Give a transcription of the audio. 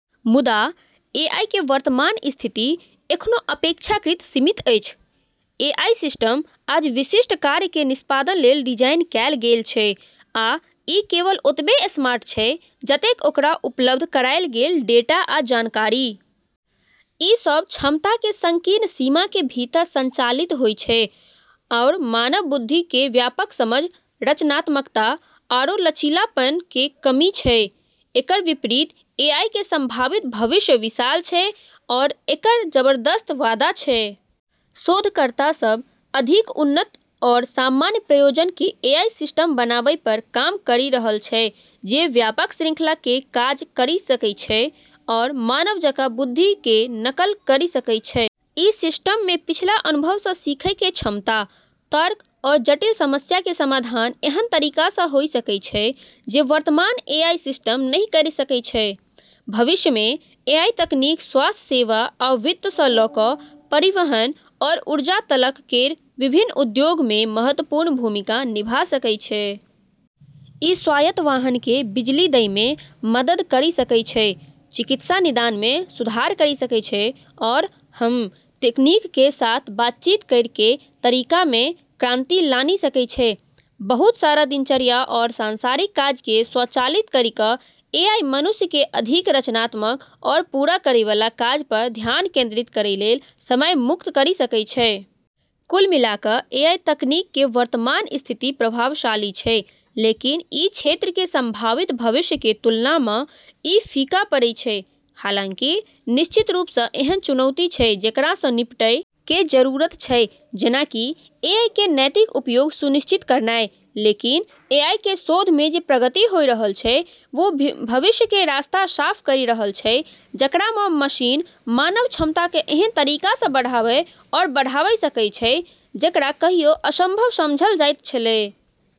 मुदा, एआई केर वर्तमान स्थिति एखनो अपेक्षाकृत सीमित अछि। एआई सिस्टम आज विशिष्ट कार्य केर निष्पादन लेल डिजाइन कएल गेल छै, आ ई केवल ओतबे स्मार्ट छै जतेक ओकरा उपलब्ध कराएल गेल डेटा आ जानकारी। ई सब क्षमता केर संकीर्ण सीमा के भीतर संचालित होय छै आरू मानव बुद्धि केर व्यापक समझ, रचनात्मकता आरू लचीलापन केर कमी छै। एकर विपरीत एआई केर संभावित भविष्य विशाल छै आरू एकर जबरदस्त वादा छै। शोधकर्ता सब अधिक उन्नत आरू सामान्य प्रयोजन केर एआई सिस्टम बनाबै पर काम करी रहल छै जे व्यापक श्रृंखला केर काज करी सकै छै आरू मानव जकाँ बुद्धि केर नकल करी सकै छै। ई सिस्टम मे पिछला अनुभव सँ सीखै केर क्षमता, तर्क आरू जटिल समस्या केर समाधान एहन तरीका सँ होय सकै छै जे वर्तमान एआई सिस्टम नहि करी सकै छै। भविष्य मे एआई तकनीक स्वास्थ्य सेवा आ वित्त सँ लऽ कऽ परिवहन आरू ऊर्जा तलक केर विभिन्न उद्योग मे महत्वपूर्ण भूमिका निभा सकै छै। ई स्वायत्त वाहन केँ बिजली दै मे मदद करी सकै छै, चिकित्सा निदान मे सुधार करी सकै छै, आरू हम्मं तकनीक के साथ बातचीत करै केर तरीका मे क्रांति लानी सकै छै। बहुत सारा दिनचर्या आरू सांसारिक काज केँ स्वचालित करी कऽ एआई मनुष्य केँ अधिक रचनात्मक आरू पूरा करै वाला काज पर ध्यान केंद्रित करै लेल समय मुक्त करी सकै छै। कुल मिला कऽ एआई तकनीक केर वर्तमान स्थिति प्रभावशाली छै, लेकिन ई क्षेत्र केर संभावित भविष्य केर तुलना मँ ई फीका पड़ै छै। हालांकि निश्चित रूप सँ एहन चुनौती छै जेकरा सँ निपटै केर जरूरत छै, जेना कि एआई केर नैतिक उपयोग सुनिश्चित करनाय, लेकिन एआई केर शोध मे जे प्रगति होय रहल छै, वू भविष्य केर रास्ता साफ करी रहल छै, जेकरा मँ मशीन मानव क्षमता केँ एहन तरीका सँ बढ़ाबै आरू बढ़ाबै सकै छै जेकरा कहियो असंभव समझल जाइत छेलै।